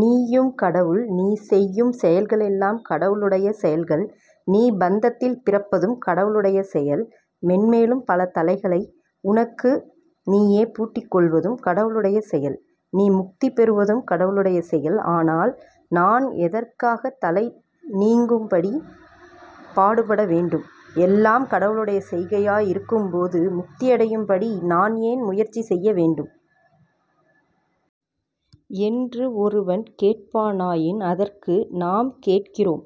நீயும் கடவுள், நீ செய்யும் செயல்களெல்லாம் கடவுளுடைய செயல்கள், நீ பந்தத்தில் பிறப்பதும் கடவுளுடைய செயல். மேன்மேலும் பல தளைகளை உனக்கு நீயே பூட்டிக் கொள்வதும் கடவுளுடைய செயல். நீ முக்தி பெறுவதும் கடவுளுடைய செயல். 'ஆனால் நான் எதற்காக தளை நீங்கும்படி பாடுபடவேண்டும்? எல்லாம் கடவுளுடைய செய்கையாய் இருக்கும் போது முக்தியடையும் படி நான் ஏன் முயற்சி செய்ய வேண்டும்? ' என்று ஒருவன் கேட்பானாயின், அதற்கு நாம் கேட்கிறோம்,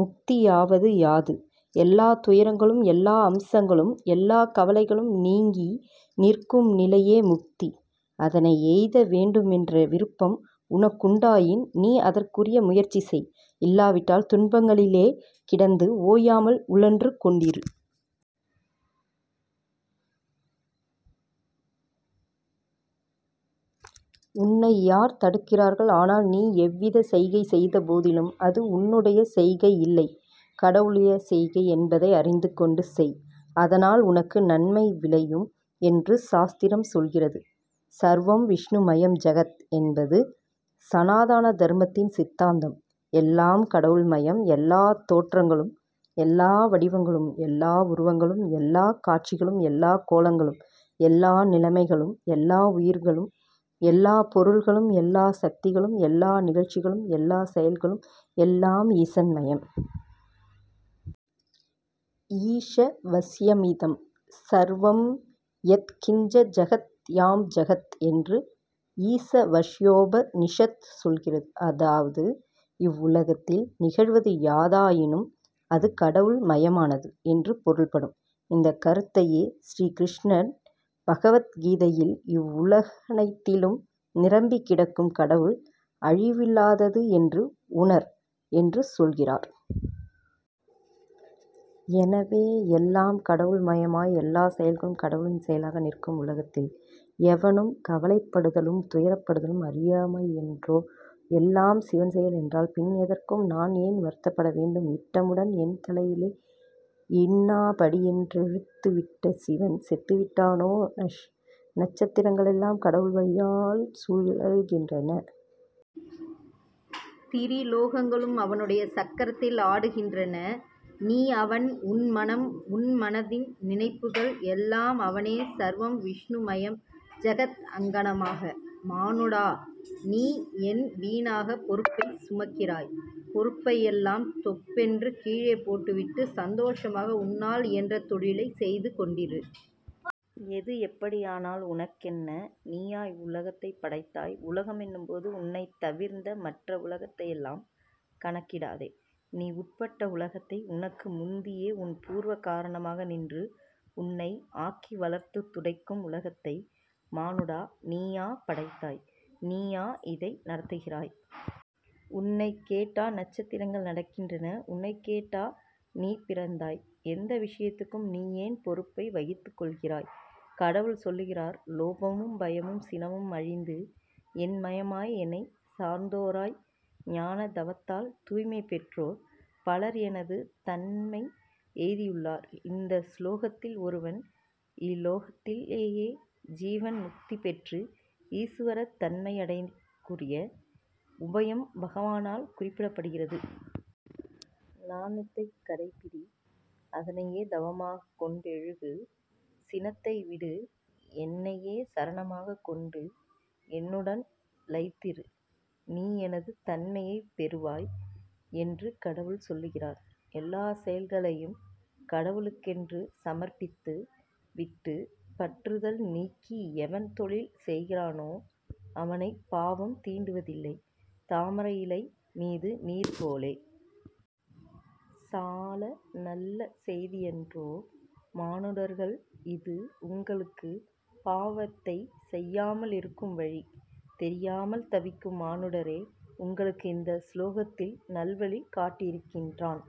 'முக்தியாவது யாது? ' எல்லாத் துயரங்களும் எல்லா அம்சங்களும் எல்லாக் கவலைகளும் நீங்கி நிற்கும் நிலையே முக்தி. அதனை எய்த வேண்டுமென்ற விருப்பம் உனக்குண்டாயின், நீ அதற்குரிய முயற்சி செய். இல்லாவிட்டால், துன்பங்களிலே கிடந்து ஓயாமல் உழன்று கொண்டிரு. உன்னை யார் தடுக்கிறார்கள்? ஆனால், நீ எவ்விதச் செய்கை செய்த போதிலும், அது உன்னுடைய செய்கையில்லை. கடவுளுடைய செய்கை' என்பதை அறிந்துகொண்டு செய். அதனால் உனக்கு நன்மை விளையும் என்று சாஸ்திரம் சொல்லுகிறது. 'ஸர்வம் விஷ்ணு மயம் ஜகத்' என்பது ஸநாதன தர்மத்தின் சித்தாந்தம். எல்லாம் கடவுள் மயம், எல்லாத் தோற்றங்களும், எல்லா வடிவங்களும், எல்லா உருவங்களும், எல்லாக் காட்சிகளும், எல்லாக் கோலங்களும், எல்லா நிலைமைகளும், எல்லா உயிர்களும், எல்லாப் பொருள்களும், எல்லா சக்திகளும், எல்லா நிகழ்ச்சிகளும், எல்லாச் செயல்களும் எல்லாம் ஈசன் மயம். 'ஈசாவாஸ்யமிதம் ஸர்வம் யத் கிஞ்ச ஜகத்யாம் ஜகத்' என்று ஈசாவாஸ்யோப நிஷத் சொல்லுகிறது. அதாவது 'இவ்வுலகத்தில் நிகழ்வது யாதாயினும் அது கடவுள் மயமானது' என்று பொருள்படும். இந்தக் கருத்தையே ஸ்ரீ கிருஷ்ணன் பகவத் கீதையில், 'இவ்வுலகனைத்திலும் நிரம்பிக் கிடக்கும் கடவுள் அழிவில்லாதது என்று உணர்' என்று சொல்கிறார். எனவே எல்லாம் கடவுள் மயமாய், எல்லாச் செயல்களும் கடவுளின் செயலாக நிற்கும் உலகத்தில், எவனும் கவலைப்படுதலும், துயர்ப்படுதலும் அறியாமையன்றோ? 'எல்லாம் சிவன் செயல்' என்றால், பின் எதற்கும் நான் ஏன் வருத்தப்பட வேண்டும்? 'இட்டமுடன்' என் தலையிலே இன்னபடி யென்றெழுதிவிட்ட சிவன் செத்துவிட்டானோ? ' நக்ஷத்திரங்களெல்லாம் கடவுள் வலியால் சுழல்கின்றன. திரிலோகங்களும் அவனுடைய சக்கரத்தில் ஆடுகின்றன. நீ அவன், உன் மனம், உன் மனதின் நினைப்புகள் எல்லாம் அவனே ''ஸர்வம் விஷ்ணுமயம் ஜகத் அங்ஙனமாக, மானுடா, நீ என் வீணாகப் பொறுப்பைச் சுமக்கிறாய்? பொறுப்பையெல்லாம் தொப்பென்று கீழே போட்டுவிட்டு, சந்தோஷமாக உன்னால் இயன்ற தொழிலைச் செய்து கொண்டிரு. எது எப்படியானால் உனக்கென்ன? நீயா இவ்வுலகத்தைப் படைத்தாய்? உலகமென்னும் போது உன்னைத் தவிர்ந்த மற்ற உலகத்தையெல்லாம் கணக்கிடாதே. நீ உட்பட்ட உலகத்தை, உனக்கு முந்தியே உன் பூர்வ காரணமாக நின்று உன்னை ஆக்கி வளர்த்துத் துடைக்கும் உலகத்தை, மானுடா, நீயா படைத்தாய்? நீயா இதை நடத்துகிறாய்? உன்னைக் கேட்டா நக்ஷத்திரங்கள் நடக்கின்றன? உன்னைக் கேட்டா நீ பிறந்தாய்? எந்த விஷயத்துக்கும் நீ ஏன் பொறுப்பை வகித்துக் கொள்கிறாய்? கடவுள் சொல்லுகிறார் லோபமும் பயமும் சினமும் அழிந்து, என் மயமாய், என்னைச் சார்ந்தோராய், ஞானத் தவத்தால் தூய்மை பெற்றோர் பலர் எனது தன்மை எய்தியுள்ளார் இந்த சுலோகத்தில் ஒருவன் இலோகத்திலேயே ஜீவன் முக்தி பெற்று ஈசுவரத் தன்மையடைகுரிய உபயம் பகவானால் குறிப்பிடப்பட்டிருக்கிறது. ஞானத்தைக் கடைப்பிடி. அதனையே தவமாகக் கொண்டெழுகு. சினத்தை விடு. என்னையே சரணமாகக் கொண்டு என்னுடன் லயித்திரு. நீ எனது தன்மையை பெறுவாய் என்று கடவுள் சொல்லுகிறார். எல்லாச் செயல்களையும் கடவுளுக்கென்று சமர்ப்பித்து விட்டுப் பற்றுதல் நீக்கி எவன் தொழில் செய்கிறானோ அவனைப் பாவம் தீண்டுவதில்லை. தாமரையிலை மீது நீர் போலே. சால நல்ல செய்தியன்றோ, மானுடர்காள், இஃது உங்களுக்கு! பாவத்தை செய்யாமலிருக்கும் வழி தெரியாமல் தவிக்கும் மானுடரே! உங்களுக்கு இந்த சுலோகத்தில் நல்வழி காட்டியிருக்கின்றான்